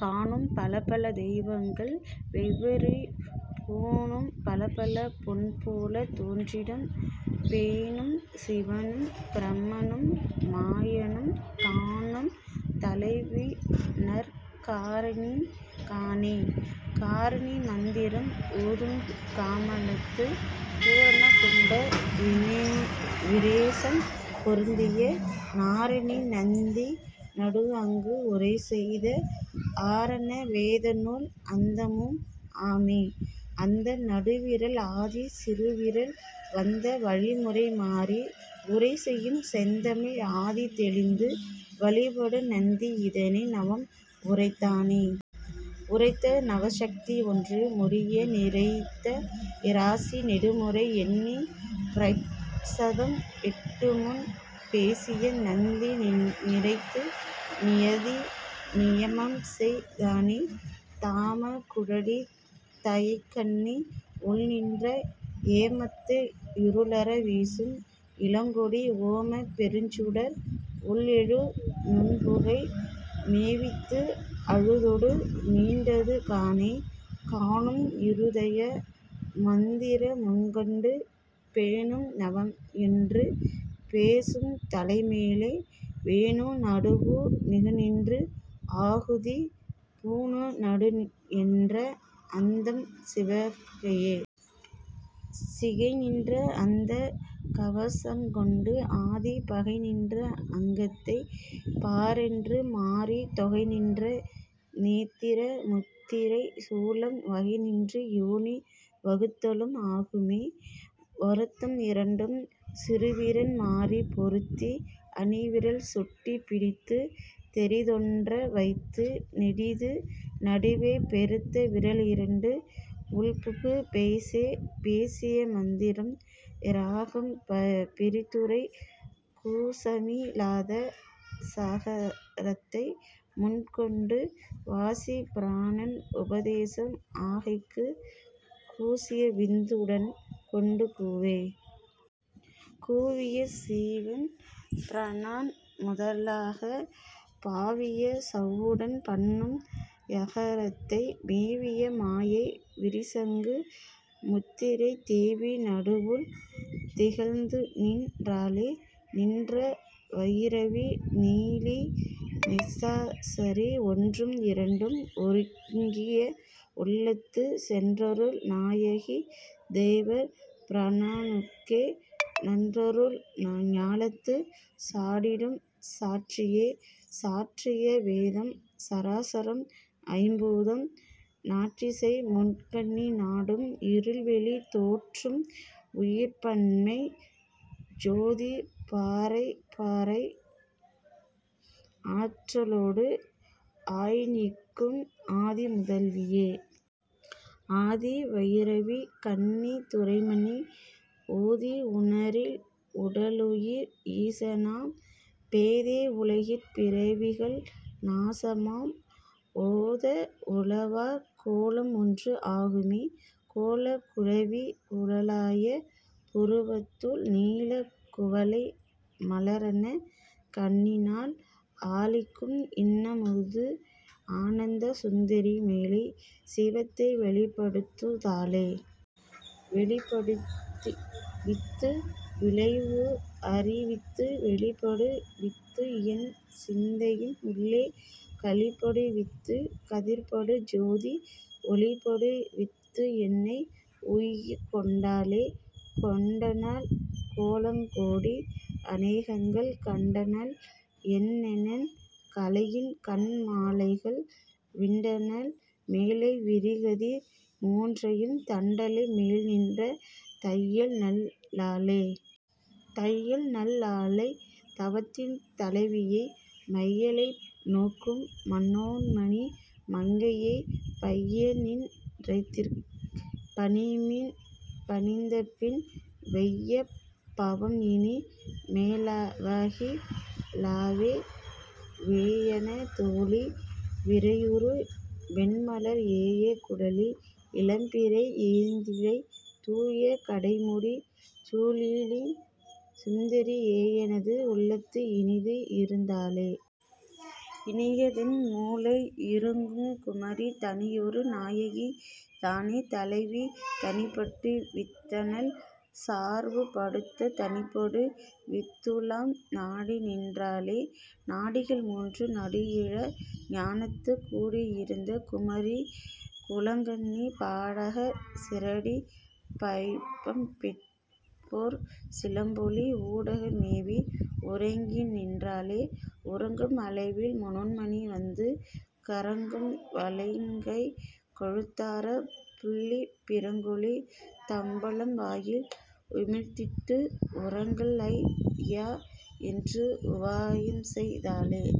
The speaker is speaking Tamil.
காணும் பலபல தெய்வங்கள் வெவ்வேறு பூணும் பலபல பொன்போலத் தோற்றிடும் பேணும் சிவனும் பிரமனும் மாயனும் காணும் தலைவிநற் காரணி காணே. காரணி மந்திரம் ஓதுங் கமலத்துப் பூரண கும்ப விரேசம் பொருந்திய நாரணி நந்தி நடுஅங்கு உரைசெய்த ஆரண வேதநூல் அந்தமும் ஆமே. அந்த நடுவிரல் ஆதி சிறுவிரல் வந்த வழிமுறை மாறி உரை செய்யும் செந்தமிழ் ஆதி தெளிந்து வழிபடு நந்தி இதனை நவம் உரைத்தானே. உரைத்த நவசத்தி ஒன்று முடிய நிரைத்த இராசி நெடுமுறை எண்ணிப் பிரைச்சதம் எட்டுமுன் பேசிய நந்தி நிரைத்து நியதி நியமம்செய் தானே. தாமக் குழலி தயைக்கண்ணி உள்நின்ற ஏமத்து இருளற வீசும் இளங்கொடி ஓமப் பெருஞ்சுடர் உள்எழு நுண்புகை மேவித்து அழுதொடு மீண்டது காணே. காணும் இருதய மந்திர முங்கண்டு பேணும் நமஎன்று பேசும் தலைமேலே வேணு நடுவு மிகநின்ற ஆகுதி பூணு நடுஎன்ற அந்தம் சிகையே. சிகைநின்ற அந்தக் கவசங்கொண்டு ஆதிப் பகைநின்ற அங்கத்தைப் பாரென்று மாறித் தொகைநின்ற நேத்திர முத்திரை சூலம் வகைநின்ற யோனி வகுத்தலும் ஆமே. வருத்தம் இரண்டும் சிறுவிரன் மாறிப் பொருந்தி அணிவிரல் சுட்டிப் பிடித்து நெரித்தொன்ற வைத்து நெடிது நடுவே பெருத்த விரல்இரண்டு உள்புக்குப் பேசே. பேசிய மந்திரம் இராகம் பிரித்துரை கூசமி லாத சகாரத்தை முன்கொண்டு வாசிப் பிராணன் உபதேசம் ஆகைக்குக் கூசியவிந்து வுடன் கொண்டு கூவே. கூவிய சீவன் பிராணன் முதலாகப் பாவிய சவ்வுடன் பண்ணும் யகாரத்தை மேவிய மாயை விரிசங்கு முத்திரை தேவி நடுவுள் திகழ்ந்துநின் றாளே. நின்ற வயிரவி நீலி நிசாசரி ஒன்றும் இரண்டும் ஒருங்கிய உள்ளத்துச் சென்றருள் நாயகி தேவர் பிரானுக்கே நன்றருள் ஞாலத்து நாடிடும் சாற்றியே.. சாற்றிய வேதம் சராசரம் ஐம்பூதம் நாற்றிசை முக்கண்ணி நாடும் இருள்வெளி தோற்றும் உயிர்ப்பன்மை சோதி பராபரை ஆற்றலொடு ஆய்நிற்கும் ஆதி முதல்வியே. ஆதி வயிரவி கன்னித் துறைமன்னி ஓதி உணரில் உடலுயிர் ஈசனாம் பேதை உலகிற் பிறவிகள் நாசமாம் ஓத உலவாக் கோலம் ஒன்று ஆகுமே. கோலக் குழவி குலாய புருவத்துள் நீலக் குவளை மலரன்ன கண்ணினாள் ஆலிக்கும் இன்னமுது ஆனந்த சுந்தரி மேலைச் சிவத்தை வெளிப்படுத் தாளே. வெளிப்படு வித்து விளைவுஅறி வித்துத் தெளிப்படு வித்துஎன் சிந்தையின் உள்ளே களிப்படு வித்துக் கதிர்ப்படு சோதி ஒளிப்படு வித்துஎன்னை உய்ய்க்கொண்டாளே. கொண்டனள் கோலங் கோடி அநேகங்கள் கண்டனள் எண்ணென் கலையின் கண் மாலைகள் விண்டனள் மேலை விரிகதிர் மூன்றையும் தண்டலை மேல்நின்ற தையல் நல் லாளே. தையல் நல் லாளைத் தவத்தின் தலைவியை மையலை நோக்கும் மனோன்மணி மங்கையைப் பையநின் றேத்திப் பணிமின் பணிந்தபின் வெய்ய பவம்இனி மேவகி லாவே. வேயன தோளி விரையுறு மென்மலர் ஏய குழலி இளம்பிறை ஏந்திழை தூய கடைமுடிச் சூலினி சுந்தரி ஏயெனது உள்ளத்து இனிதுஇருந் தாளே. இனியதென் மூலை இருக்குங் குமரி தனியொரு நாயகி தானே தலைவி தனிப்படு வித்தனள் சார்வு படுத்து நனிப்படு வித்துள்ளம் நாடிநின் றாளே. நாடிகள் மூன்று நடுஎழ ஞானத்துக் கூடி யிருந்த குமரி குலக்கன்னி பாடகச் சீறடிப் பைம்பொற் சிலம்பொலி ஊடக மேவி உறங்குகின் றாளே. உறங்கும் அளவில் மனோன்மணி வந்து கறங்கும் வளைக்கைக் கழுத்தாரப் புல்லிப் பிறங்கொளித் தம்பலம் வாயில் உமிழ்ந்திட்டு உறங்கல்ஐ யாஎன்று உபாயம்செய் தாளே.